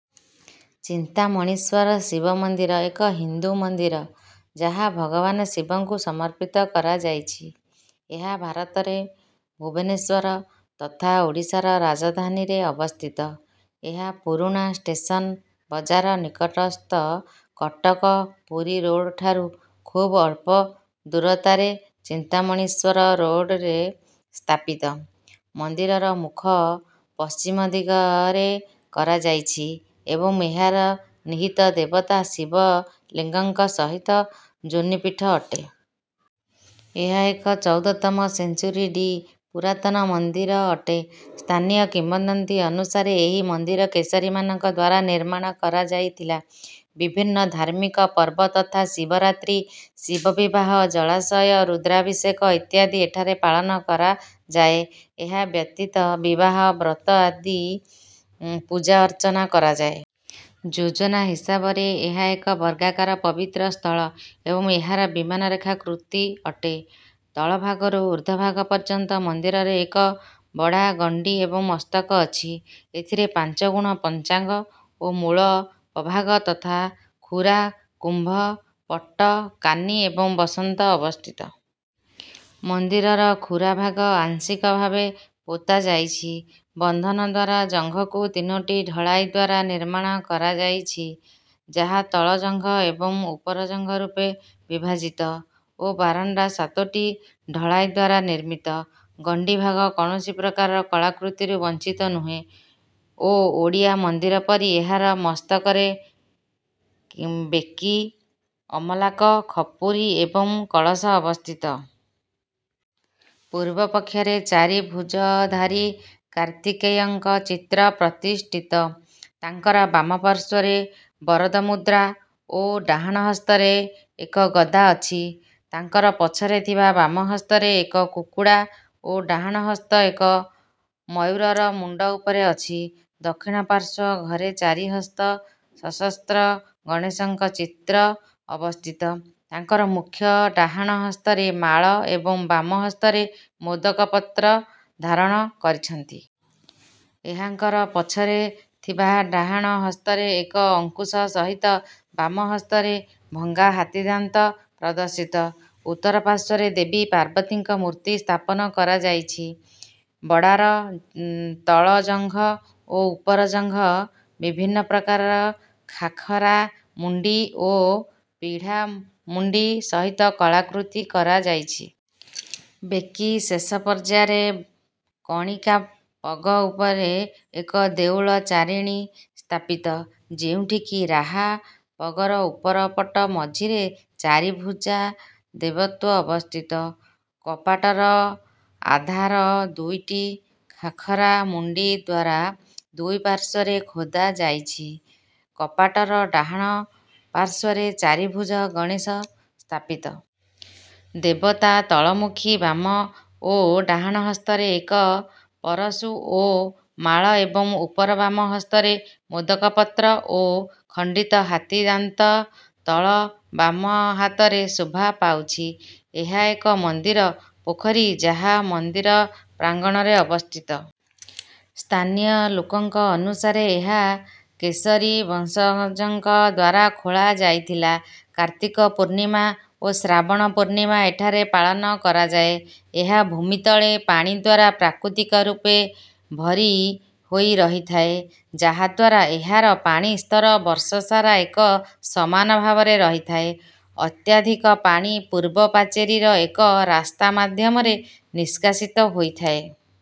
ଚିନ୍ତାମଣିଶ୍ୱର ଶିବ ମନ୍ଦିର ଏକ ହିନ୍ଦୁ ମନ୍ଦିର ଯାହା ଭଗବାନ ଶିବଙ୍କୁ ସମର୍ପିତ କରାଯାଇଛି। ଏହା ଭାରତରେ ଭୁବନେଶ୍ୱର, ତଥା ଓଡ଼ିଶାର ରାଜଧାନୀରେ ଅବସ୍ଥିତ। ଏହା ପୁରୁଣା ଷ୍ଟେସନ ବଜାର ନିକଟସ୍ଥ କଟକ ପୁରୀ ରୋଡ ଠାରୁ ଖୁବ ଅଳ୍ପ ଦୂରତାରେ ଚିନ୍ତାମଣିଶ୍ୱର ରୋଡରେ ସ୍ଥାପିତ। ମନ୍ଦିରର ମୁଖ ପଶ୍ଚିମ ଦିଗରେ କରାଯାଇଛି ଏବଂ ଏହାର ନିହିତ ଦେବତା ଶିବ ଲିଙ୍ଗଙ୍କ ସହିତ ଯୋନୀପୀଠ ଅଟେ। ଏହା ଏକ ଚଉଦ ତମ ସେଞ୍ଚୁରୀ ଡି ପୁରାତନ ମନ୍ଦିର ଅଟେ। ସ୍ଥାନୀୟ କିମ୍ବଦନ୍ତୀ ଅନୁସାରେ ଏହି ମନ୍ଦିର କେଶରୀ ମାନଙ୍କ ଦ୍ୱାରା ନିର୍ମାଣ କରାଯାଇଥିଲା। ବିଭିନ୍ନ ଧାର୍ମିକ ପର୍ବ ତଥା ଶିବରାତ୍ରି, ଶିବ ବିବାହ, ଜଳାଶୟ, ରୁଦ୍ରାଭିଷେକ, ଇତ୍ୟାଦି ଏଠାରେ ପାଳନ କରାଯାଏ। ଏହା ବ୍ୟତୀତ ବିବାହ, ବ୍ରତ ଆଦି ପୂଜା ଅର୍ଚ୍ଚନା କରାଯାଏ। ଯୋଜନା ହିସାବରେ ଏହା ଏକ ବର୍ଗାକାର ପବିତ୍ର ସ୍ଥଳ ଏବଂ ଏହାର ବିମାନ ରେଖା କୃତି ଅଟେ। ତଳ ଭାଗରୁ ଉର୍ଦ୍ଧ ଭାଗ ପର୍ଯ୍ୟନ୍ତ ମନ୍ଦିରରେ ଏକ ବଡ଼ା, ଗଣ୍ଡି ଏବଂ ମସ୍ତକ ଅଛି। ଏଥିରେ ପାଞ୍ଚ ଗୁଣ ପଞ୍ଚାଙ୍ଗ ଓ ମୂଳ ପଭାଗ ତଥା ଖୁରା, କୁମ୍ଭ, ପଟ, କାନି ଏବଂ ବସନ୍ତ ଅବସ୍ଥିତ। ମନ୍ଦିରର ଖୁରା ଭାଗ ଆଂଶିକ ଭାବେ ପୋତା ଯାଇଛି। ବନ୍ଧନ ଦ୍ୱାରା ଜଙ୍ଘକୁ ତିନୋଟି ଢଳାଇ ଦ୍ୱାରା ନିର୍ମାଣ କରାଯାଇଛି, ଯାହା ତଳ ଜଙ୍ଘ ଏବଂ ଉପର ଜଙ୍ଘ ରୂପେ ବିଭାଜିତ ଓ ବାରଣ୍ଡା ସାତୋଟି ଢଳାଇ ଦ୍ୱାରା ନିର୍ମିତ। ଗଣ୍ଡି ଭାଗ କୌଣସି ପ୍ରକାର କଳାକୃତିରୁ ବଞ୍ଚିତ ନୁହେଁ ଓ ଓଡ଼ିଆ ମନ୍ଦିର ପରି ଏହାର ମସ୍ତକରେ କି ବେକି, ଅମଲାକ, ଖପୁରି ଏବଂ କଳସ ଅବସ୍ଥିତ। ପୂର୍ବ ପକ୍ଷରେ ଚାରି ଭୁଜଧାରୀ କାର୍ତ୍ତିକେୟଙ୍କ ଚିତ୍ର ପ୍ରତିଷ୍ଠିତ। ତାଙ୍କର ବାମ ପାର୍ଶ୍ୱରେ ବରଦମୁଦ୍ରା ଓ ଡାହାଣ ହସ୍ତରେ ଏକ ଗଦା ଅଛି। ତାଙ୍କର ପଛରେ ଥିବା ବାମ ହସ୍ତରେ ଏକ କୁକୁଡ଼ା ଓ ଡାହାଣ ହସ୍ତ ଏକ ମୟୂରର ମୁଣ୍ଡ ଉପରେ ଅଛି। ଦକ୍ଷିଣ ପାର୍ଶ୍ୱ ଘରେ ଚାରି ହସ୍ତ ସଶସ୍ତ୍ର ଗଣେଶଙ୍କ ଚିତ୍ର ଅବସ୍ଥିତ, ତାଙ୍କର ମୁଖ୍ୟ ଡାହାଣ ହସ୍ତରେ ମାଳ ଏବଂ ବାମ ହସ୍ତରେ ମୋଦକ ପତ୍ର ଧାରଣ କରିଛନ୍ତି। ଏହାଙ୍କର ପଛରେ ଥିବା ଡାହାଣ ହସ୍ତରେ ଏକ ଅଙ୍କୁଶ ସହିତ ବାମ ହସ୍ତରେ ଭଙ୍ଗା ହାତୀ ଦାନ୍ତ ପ୍ରଦର୍ଶିତ। ଉତ୍ତର ପାର୍ଶ୍ୱରେ ଦେବୀ ପାର୍ବତୀଙ୍କ ମୂର୍ତ୍ତି ସ୍ଥାପନ କରାଯାଇଛି। ବଡ଼ାର ତଳ ଜଙ୍ଘ ଓ ଉପର ଜଙ୍ଘ ବିଭିନ୍ନ ପ୍ରକାର ଖାଖରା ମୁଣ୍ଡି ଓ ପିଢ଼ା ମୁଣ୍ଡି ସହିତ କଳାକୃତି କରାଯାଇଛି। ବେକି ଶେଷ ପର୍ଯ୍ୟାୟରେ କଣିକା ପଗ ଉପରେ ଏକ ଦେଉଳ ଚାରିଣୀ ସ୍ଥାପିତ, ଯେଉଁଠି କି ରାହା ପଗର ଉପର ପଟ ମଝିରେ ଚାରି ଭୁଜା ଦେବତ୍ୱ ଅବସ୍ଥିତ। କପାଟର ଆଧାର ଦୁଇଟି ଖାଖରା ମୁଣ୍ଡି ଦ୍ୱାରା ଦୁଇ ପାର୍ଶ୍ୱରେ ଖୋଦା ଯାଇଛି। କପାଟର ଡାହାଣ ପାର୍ଶ୍ୱରେ ଚାରି ଭୁଜା ଗଣେଶ ସ୍ଥାପିତ। ଦେବତା ତଳମୁଖୀ ବାମ ଓ ଡାହାଣ ହସ୍ତରେ ଏକ ପରଶୁ ଓ ମାଳା ଏବଂ ଉପର ବାମ ହସ୍ତରେ ମୋଦକ ପତ୍ର ଓ ଖଣ୍ଡିତ ହାତୀ ଦାନ୍ତ ତଳ ବାମ ହାତରେ ଶୋଭା ପାଉଛି। ଏହା ଏକ ମନ୍ଦିର ପୋଖରୀ ଯାହା ମନ୍ଦିର ପ୍ରାଙ୍ଗଣରେ ଅବସ୍ଥିତ। ସ୍ଥାନୀୟ ଲୋକଙ୍କ ଅନୁସାରେ ଏହା କେଶରୀ ବଂଶଜଙ୍କ ଦ୍ୱାରା ଖୋଳା ଯାଇଥିଲା। କାର୍ତ୍ତିକ ପୂର୍ଣ୍ଣିମା ଓ ଶ୍ରାବଣ ପୂର୍ଣ୍ଣିମା ଏଠାରେ ପାଳନ କରାଯାଏ। ଏହା ଭୂମିତଳ ପାଣି ଦ୍ୱାରା ପ୍ରାକୃତିକ ରୂପେ ଭରି ହୋଇ ରହିଥାଏ, ଯାହା ଦ୍ୱାରା ଏହାର ପାଣି ସ୍ତର ବର୍ଷସାରା ଏକ ସମାନ ଭାବରେ ରହିଥାଏ। ଅତ୍ୟାଧିକ ପାଣି ପୂର୍ବ ପାଚେରୀର ଏକ ରାସ୍ତା ମାଧ୍ୟମରେ ନିଷ୍କାସିତ ହୋଇଥାଏ।